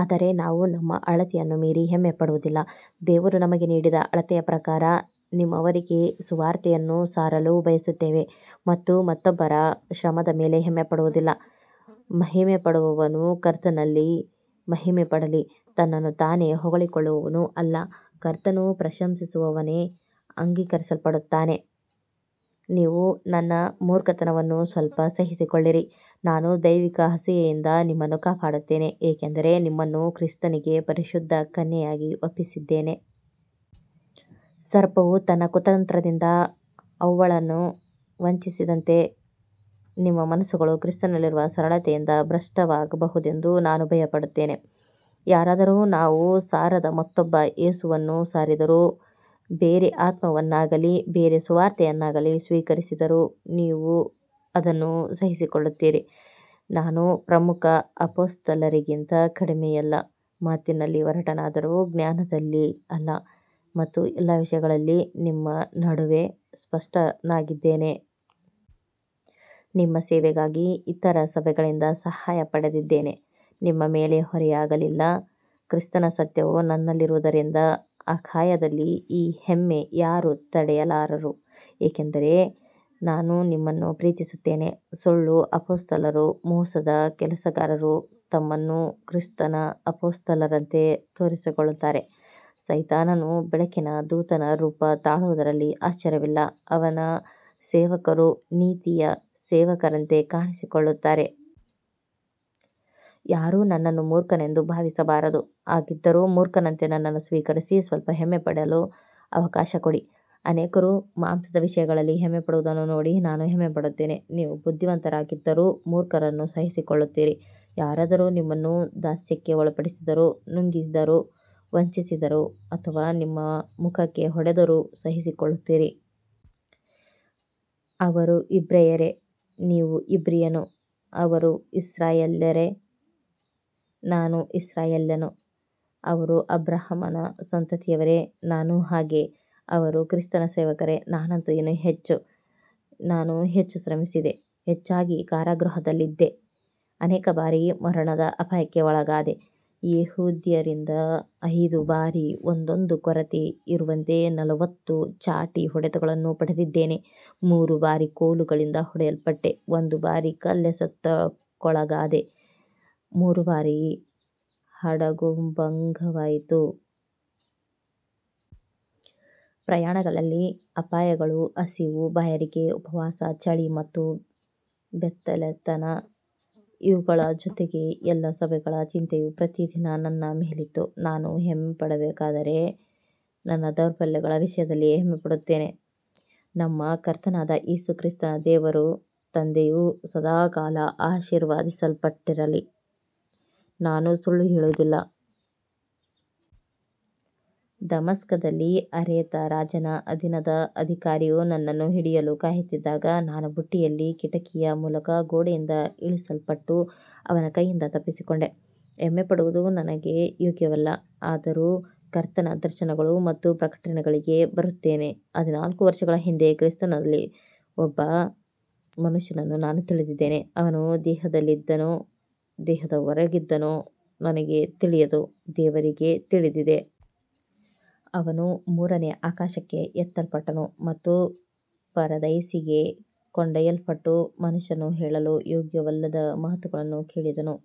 ಆದರೆ ನಾವು ನಮ್ಮ ಅಳತೆಯನ್ನು ಮೀರಿ ಹೆಮ್ಮೆಪಡುವುದಿಲ್ಲ, ದೇವರು ನಮಗೆ ನೀಡಿದ ಅಳತೆಯ ಪ್ರಕಾರ ನಿಮ್ಮವರೆಗೆ ಸುವಾರ್ತೆಯನ್ನು ಸಾರಲು ಬಯಸುತ್ತೇವೆ ಮತ್ತು ಮತ್ತೊಬ್ಬರ ಶ್ರಮದ ಮೇಲೆ ಹೆಮ್ಮೆಪಡುವುದಿಲ್ಲ. ಮಹಿಮೆಪಡುವವನು ಕರ್ತನಲ್ಲಿ ಮಹಿಮೆಪಡಲಿ, ತನ್ನನ್ನು ತಾನೇ ಹೊಗಳಿಕೊಳ್ಳುವವನು ಅಲ್ಲ, ಕರ್ತನು ಪ್ರಶಂಸಿಸುವವನೇ ಅಂಗೀಕರಿಸಲ್ಪಡುತ್ತಾನೆ. ನೀವು ನನ್ನ ಮೂರ್ಖತನವನ್ನು ಸ್ವಲ್ಪ ಸಹಿಸಿಕೊಳ್ಳಿರಿ, ನಾನು ದೈವಿಕ ಅಸೂಯೆಯಿಂದ ನಿಮ್ಮನ್ನು ಕಾಪಾಡುತ್ತೇನೆ, ಏಕೆಂದರೆ ನಿಮ್ಮನ್ನು ಕ್ರಿಸ್ತನಿಗೆ ಪರಿಶುದ್ಧ ಕನ್ಯೆಯಾಗಿ ಒಪ್ಪಿಸಿದ್ದೇನೆ. ಸರ್ಪವು ತನ್ನ ಕುತಂತ್ರದಿಂದ ಹವ್ವಳನ್ನು ವಂಚಿಸಿದಂತೆ ನಿಮ್ಮ ಮನಸ್ಸುಗಳು ಕ್ರಿಸ್ತನಲ್ಲಿರುವ ಸರಳತೆಯಿಂದ ಭ್ರಷ್ಟವಾಗಬಹುದೆಂದು ನಾನು ಭಯಪಡುತ್ತೇನೆ. ಯಾರಾದರೂ ನಾವು ಸಾರದ ಮತ್ತೊಬ್ಬ ಯೇಸುವನ್ನು ಸಾರಿದರೂ, ಬೇರೆ ಆತ್ಮವನ್ನಾಗಲಿ ಬೇರೆ ಸುವಾರ್ತೆಯನ್ನಾಗಲಿ ಸ್ವೀಕರಿಸಿದರೂ ನೀವು ಅದನ್ನು ಸಹಿಸಿಕೊಳ್ಳುತ್ತೀರಿ. ನಾನು ಪ್ರಮುಖ ಅಪೊಸ್ತಲರಿಗಿಂತ ಕಡಿಮೆಯಲ್ಲ, ಮಾತಿನಲ್ಲಿ ಒರಟನಾದರೂ ಜ್ಞಾನದಲ್ಲಿ ಅಲ್ಲ, ಮತ್ತು ಎಲ್ಲ ವಿಷಯಗಳಲ್ಲಿ ನಿಮ್ಮ ನಡುವೆ ಸ್ಪಷ್ಟನಾಗಿದ್ದೇನೆ. ನಿಮ್ಮ ಸೇವೆಗಾಗಿ ಇತರ ಸಭೆಗಳಿಂದ ಸಹಾಯ ಪಡೆದಿದ್ದೇನೆ, ನಿಮ್ಮ ಮೇಲೆ ಹೊರೆಯಾಗಲಿಲ್ಲ. ಕ್ರಿಸ್ತನ ಸತ್ಯವು ನನ್ನಲ್ಲಿರುವುದರಿಂದ ಅಖಾಯದಲ್ಲಿ ಈ ಹೆಮ್ಮೆ ಯಾರೂ ತಡೆಯಲಾರರು, ಏಕೆಂದರೆ ನಾನು ನಿಮ್ಮನ್ನು ಪ್ರೀತಿಸುತ್ತೇನೆ. ಸುಳ್ಳು ಅಪೊಸ್ತಲರು ಮೋಸದ ಕೆಲಸಗಾರರು, ತಮ್ಮನ್ನು ಕ್ರಿಸ್ತನ ಅಪೊಸ್ತಲರಂತೆ ತೋರಿಸಿಕೊಳ್ಳುತ್ತಾರೆ. ಸೈತಾನನು ಬೆಳಕಿನ ದೂತನ ರೂಪ ತಾಳುವುದರಲ್ಲಿ ಆಶ್ಚರ್ಯವಿಲ್ಲ, ಅವನ ಸೇವಕರೂ ನೀತಿಯ ಸೇವಕರಂತೆ ಕಾಣಿಸಿಕೊಳ್ಳುತ್ತಾರೆ. ಯಾರೂ ನನ್ನನ್ನು ಮೂರ್ಖನೆಂದು ಭಾವಿಸಬಾರದು, ಹಾಗಿದ್ದರೂ ಮೂರ್ಖನಂತೆ ನನ್ನನ್ನು ಸ್ವೀಕರಿಸಿ ಸ್ವಲ್ಪ ಹೆಮ್ಮೆಪಡಲು ಅವಕಾಶ ಕೊಡಿ. ಅನೇಕರು ಮಾಂಸದ ವಿಷಯಗಳಲ್ಲಿ ಹೆಮ್ಮೆಪಡುವುದನ್ನು ನೋಡಿ ನಾನೂ ಹೆಮ್ಮೆಪಡುತ್ತೇನೆ. ನೀವು ಬುದ್ಧಿವಂತರಾಗಿದ್ದರೂ ಮೂರ್ಖರನ್ನು ಸಹಿಸಿಕೊಳ್ಳುತ್ತೀರಿ, ಯಾರಾದರೂ ನಿಮ್ಮನ್ನು ದಾಸ್ಯಕ್ಕೆ ಒಳಪಡಿಸಿದರೂ, ನುಂಗಿದರೂ, ವಂಚಿಸಿದರೂ ಅಥವಾ ನಿಮ್ಮ ಮುಖಕ್ಕೆ ಹೊಡೆದರೂ ಸಹಿಸಿಕೊಳ್ಳುತ್ತೀರಿ. ಅವರು ಇಬ್ರಿಯರೇ, ನಾನೂ ಇಬ್ರಿಯನು, ಅವರು ಇಸ್ರಾಯೇಲ್ಯರೇ, ನಾನೂ ಇಸ್ರಾಯೇಲ್ಯನು, ಅವರು ಅಬ್ರಹಾಮನ ಸಂತತಿಯವರೇ, ನಾನೂ ಹಾಗೆಯೇ. ಅವರು ಕ್ರಿಸ್ತನ ಸೇವಕರೇ, ನಾನಂತೂ ಇನ್ನೂ ಹೆಚ್ಚು, ನಾನು ಹೆಚ್ಚು ಶ್ರಮಿಸಿದೆ, ಹೆಚ್ಚಾಗಿ ಕಾರಾಗೃಹದಲ್ಲಿದ್ದೆ, ಅನೇಕ ಬಾರಿ ಮರಣದ ಅಪಾಯಕ್ಕೆ ಒಳಗಾದೆ. ಯೆಹೂದ್ಯರಿಂದ ಐದು ಬಾರಿ ಒಂದೊಂದು ಕೊರತೆ ಇರುವಂತೆ ನಲವತ್ತು ಚಾಟಿ ಹೊಡೆತಗಳನ್ನು ಪಡೆದಿದ್ದೇನೆ, ಮೂರು ಬಾರಿ ಕೋಲುಗಳಿಂದ ಹೊಡೆಯಲ್ಪಟ್ಟೆ, ಒಂದು ಬಾರಿ ಕಲ್ಲೆಸೆತಕ್ಕೊಳಗಾದೆ, ಮೂರು ಬಾರಿ ಹಡಗುಭಂಗವಾಯಿತು. ಪ್ರಯಾಣಗಳಲ್ಲಿ ಅಪಾಯಗಳು, ಹಸಿವು, ಬಾಯಾರಿಕೆ, ಉಪವಾಸ, ಚಳಿ ಮತ್ತು ಬೆತ್ತಲೆತನ ಇವುಗಳ ಜೊತೆಗೆ ಎಲ್ಲ ಸಭೆಗಳ ಚಿಂತೆಯೂ ಪ್ರತಿದಿನ ನನ್ನ ಮೇಲಿತ್ತು. ನಾನು ಹೆಮ್ಮೆಪಡಬೇಕಾದರೆ ನನ್ನ ದೌರ್ಬಲ್ಯಗಳ ವಿಷಯದಲ್ಲೇ ಹೆಮ್ಮೆಪಡುತ್ತೇನೆ. ನಮ್ಮ ಕರ್ತನಾದ ಯೇಸು ಕ್ರಿಸ್ತನ ದೇವರೂ ತಂದೆಯೂ ಸದಾಕಾಲ ಆಶೀರ್ವದಿಸಲ್ಪಟ್ಟಿರಲಿ, ನಾನು ಸುಳ್ಳು ಹೇಳುವುದಿಲ್ಲ. ದಮಸ್ಕದಲ್ಲಿ ಅರೇತ ರಾಜನ ಅಧೀನದ ಅಧಿಕಾರಿಯು ನನ್ನನ್ನು ಹಿಡಿಯಲು ಕಾಯುತ್ತಿದ್ದಾಗ, ನಾನು ಬುಟ್ಟಿಯಲ್ಲಿ ಕಿಟಕಿಯ ಮೂಲಕ ಗೋಡೆಯಿಂದ ಇಳಿಸಲ್ಪಟ್ಟು ಅವನ ಕೈಯಿಂದ ತಪ್ಪಿಸಿಕೊಂಡೆ. ಹೆಮ್ಮೆಪಡುವುದು ನನಗೆ ಯೋಗ್ಯವಲ್ಲ, ಆದರೂ ಕರ್ತನ ದರ್ಶನಗಳು ಮತ್ತು ಪ್ರಕಟಣೆಗಳಿಗೆ ಬರುತ್ತೇನೆ. ಹದಿನಾಲ್ಕು ವರ್ಷಗಳ ಹಿಂದೆ ಕ್ರಿಸ್ತನಲ್ಲಿ ಒಬ್ಬ ಮನುಷ್ಯನನ್ನು ನಾನು ತಿಳಿದಿದ್ದೇನೆ, ಅವನು ದೇಹದಲ್ಲಿದ್ದನೋ ದೇಹದ ಹೊರಗಿದ್ದನೋ ನನಗೆ ತಿಳಿಯದು, ದೇವರಿಗೆ ತಿಳಿದಿದೆ. ಅವನು ಮೂರನೇ ಆಕಾಶಕ್ಕೆ ಎತ್ತಲ್ಪಟ್ಟನು ಮತ್ತು ಪರದೈಸಿಗೆ ಕೊಂಡೊಯ್ಯಲ್ಪಟ್ಟು ಮನುಷ್ಯನು ಹೇಳಲು ಯೋಗ್ಯವಲ್ಲದ ಮಾತುಗಳನ್ನು ಕೇಳಿದನು.